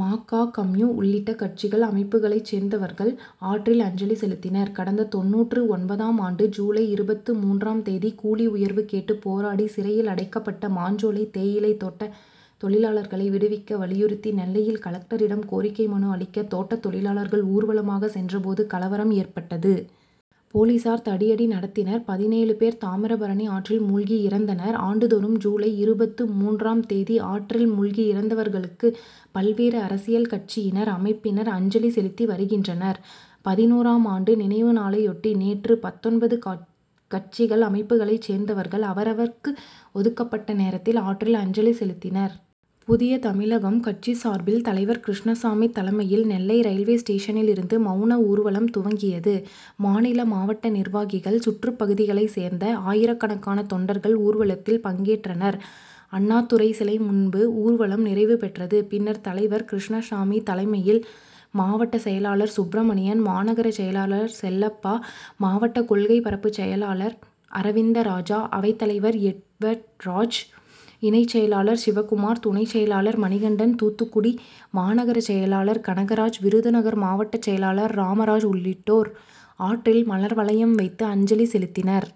ம. க. கம்யூ. உள்ளிட்ட கட்சிகள், அமைப்புக்களை சேர்ந்தவர்கள் ஆற்றில் அஞ்சலி செலுத்தினர். கடந்த தொண்ணூற்று ஒன்பதாம் ஆண்டு ஜூலை இருபத்து மூன்றாம் தேதி கூலிஉயர்வு கேட்டு போராடி சிறையில் அடைக்கப்பட்ட மாஞ்சோலை தேயிலை தோட்ட தொழிலாளர்களை விடுவிக்க வலியுறுத்தி நெல்லையில் கலெக்டரிடம் கோரிக்கை மனு அளிக்க தோட்ட தொழிலாளர்கள் ஊர்வலமாக சென்ற போது கலவரம் ஏற்பட்டது. போலீசார் தடியடி நடத்தினர். பதினேழு பேர் தாமிரபரணி ஆற்றில் மூழ்கி இறந்தனர். ஆண்டுதோறும் ஜூலை இருபத்து மூன்றாம் தேதி ஆற்றில் மூழ்கி இறந்தவர்களுக்கு பல்வேறு அரசியல்கட்சியினர், அமைப்பினர் அஞ்சலி செலுத்திவருகின்றனர். பதினோராம் ஆண்டு நினைவுநாளையொட்டி நேற்று பத்தொன்பது கட்சிகள், அமைப்புக்களை சேர்ந்தவர்கள் அவரவர்க்கு ஒதுக்கப்பட்ட நேரத்தில் ஆற்றில் அஞ்சலி செலுத்தினர். புதிய தமிழகம் கட்சி சார்பில் தலைவர் கிருஷ்ணசாமி தலைமையில் நெல்லை ரயில்வே ஸ்டேஷனில் இருந்து மவுன ஊர்வலம் துவங்கியது. மாநில, மாவட்ட நிர்வாகிகள், சுற்றுப்பகுதிகளை சேர்ந்த ஆயிரக்கணக்கான தொண்டர்கள் ஊர்வலத்தில் பங்கேற்றனர். அண்ணாத்துரை சிலை முன்பு ஊர்வலம் நிறைவு பெற்றது. பின்னர் தலைவர் கிருஷ்ணசாமி தலைமையில் மாவட்டச்செயலாளர் சுப்பிரமணியன், மாநகர செயலாளர் செல்லப்பா, மாவட்ட கொள்கை பரப்புச்செயலாளர் அரவிந்தராஜா, அவைத்தலைவர் எட்வர்டுராஜ், இணைச்செயலாளர் சிவக்குமார், துணைச்செயலாளர் மணிகண்டன், தூத்துக்குடி மாநகர செயலாளர் கனகராஜ், விருதுநகர் மாவட்டச்செயலாளர் ராமராஜ் உள்ளிட்டோர் ஆற்றில் மலர்வளையம் வைத்து அஞ்சலி செலுத்தினர்.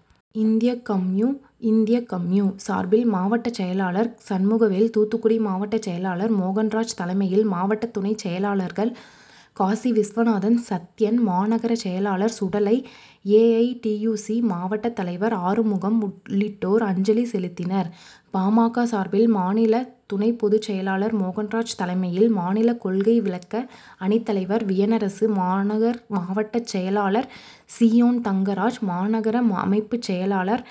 இந்திய கம்யூ. இந்திய கம்யூ. சார்பில் மாவட்டச்செயலாளர் சண்முகவேல், தூத்துக்குடி மாவட்டச்செயலாளர் மோகன்ராஜ் தலைமையில் மாவட்ட துணைச்செயலாளர்கள் காசிவிஸ்வநாதன், சத்யன், மாநகர செயலாளர் சுடலை, ஏஐடியுசி. மாவட்டத்தலைவர் ஆறுமுகம் உள்ளிட்டோர் அஞ்சலி செலுத்தினர். பா. ம. க. சார்பில் மாநில துணைப்பொதுச்செயலாளர் மோகன்ராஜ் தலைமையில் மாநில கொள்கை விளக்க அணித்தலைவர் வியனரசு, மாநகர் மாவட்டச்செயலாளர் சீயோன் தங்கராஜ், மாநகர அமைப்புச்செயலாளர்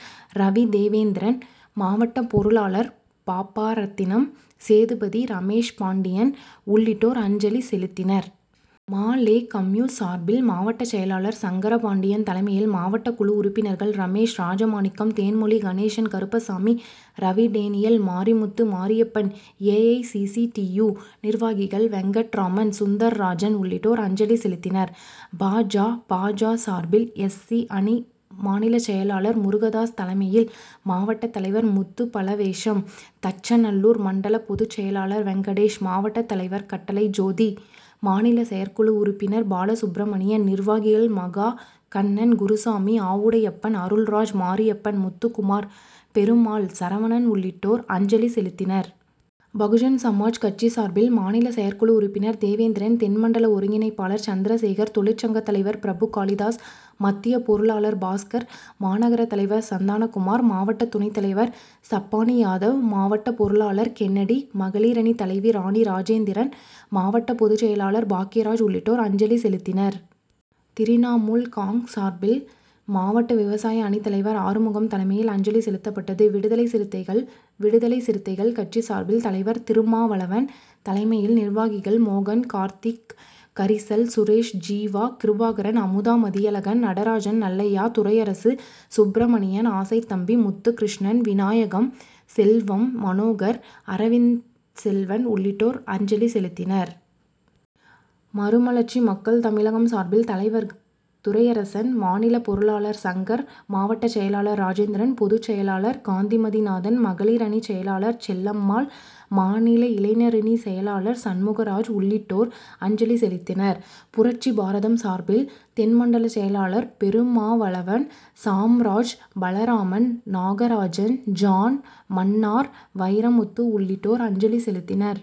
ரவிதேவேந்திரன், மாவட்ட பொருளாளர் பாப்பாரத்தினம், சேதுபதி, ரமேஷ்பாண்டியன் உள்ளிட்டோர் அஞ்சலி செலுத்தினர். மா. லெ. கம்யூ. சார்பில் மாவட்டச்செயலாளர் சங்கரபாண்டியன் தலைமையில் மாவட்டக்குழு உறுப்பினர்கள் ரமேஷ், ராஜமாணிக்கம், தேன்மொழி, கணேசன், கருப்பசாமி, ரவிடேனியல், மாரிமுத்து, மாரியப்பன், ஏஐசிசிடியு. நிர்வாகிகள் வெங்கட்ராமன், சுந்தர்ராஜன் உள்ளிட்டோர் அஞ்சலி செலுத்தினர். பா. ஜ. பா. ஜ. சார்பில் எஸ். சி. அணி மாநிலச்செயலாளர் முருகதாஸ் தலைமையில் மாவட்டத்தலைவர் முத்துபலவேசம், தச்சநல்லூர் மண்டல பொதுச்செயலாளர் வெங்கடேஷ், மாவட்டத்தலைவர் கட்டளை ஜோதி, மாநில செயற்குழு உறுப்பினர் பாலசுப்பிரமணியன், நிர்வாகிகள் மகா கண்ணன், குருசாமி, ஆவுடையப்பன், அருள்ராஜ், மாரியப்பன், முத்துக்குமார், பெருமாள், சரவணன் உள்ளிட்டோர் அஞ்சலி செலுத்தினர். பகுஜன்சமாஜ் கட்சி சார்பில் மாநில செயற்குழு உறுப்பினர் தேவேந்திரன், தென் மண்டல ஒருங்கிணைப்பாளர் சந்திரசேகர், தொழிற்சங்கத்தலைவர் பிரபுகாளிதாஸ், மத்திய பொருளாளர் பாஸ்கர், மாநகரத்தலைவர் சந்தானக்குமார், மாவட்ட துணைத்தலைவர் சப்பாணியாதவ், மாவட்ட பொருளாளர் கென்னடி, மகளிரணி தலைவி ராணி ராஜேந்திரன், மாவட்ட பொதுச்செயலாளர் பாக்கியராஜ் உள்ளிட்டோர் அஞ்சலி செலுத்தினர். திரிணாமூல் காங். சார்பில் மாவட்ட விவசாய அணித்தலைவர் ஆறுமுகம் தலைமையில் அஞ்சலி செலுத்தப்பட்டது. விடுதலை சிறுத்தைகள் விடுதலை சிறுத்தைகள் கட்சி சார்பில் தலைவர் திருமாவளவன் தலைமையில் நிர்வாகிகள் மோகன், கார்த்திக், கரிசல் சுரேஷ், ஜீவா, கிருபாகரன், அமுதா மதியழகன், நடராஜன், நல்லையா, துரையரசு, சுப்பிரமணியன், ஆசைத்தம்பி, முத்துக்கிருஷ்ணன், விநாயகம் செல்வம், மனோகர், அரவிந்த்செல்வன் உள்ளிட்டோர் அஞ்சலி செலுத்தினர். மறுமலர்ச்சி மக்கள் தமிழகம் சார்பில் தலைவர் துரையரசன், மாநில பொருளாளர் சங்கர், மாவட்டச்செயலாளர் ராஜேந்திரன், பொதுச்செயலாளர் காந்திமதிநாதன், மகளிர் அணிச்செயலாளர் செல்லம்மாள், மாநில இளைஞரணி செயலாளர் சண்முகராஜ் உள்ளிட்டோர் அஞ்சலி செலுத்தினர். புரட்சிபாரதம் சார்பில் தென் மண்டல செயலாளர் பெருமாவளவன், சாம்ராஜ், பலராமன், நாகராஜன், ஜான், மன்னார், வைரமுத்து உள்ளிட்டோர் அஞ்சலி செலுத்தினர்.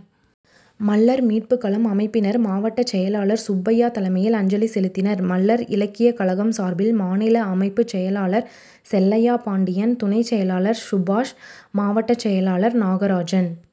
மள்ளர் மீட்புக்களம் அமைப்பினர் மாவட்டச்செயலாளர் சுப்பையா தலைமையில் அஞ்சலி செலுத்தினர். மள்ளர் இலக்கியக்கழகம் சார்பில் மாநில அமைப்புச்செயலாளர் செல்லையா பாண்டியன், துணைச்செயலாளர் சுபாஷ், மாவட்டச்செயலாளர் நாகராஜன்,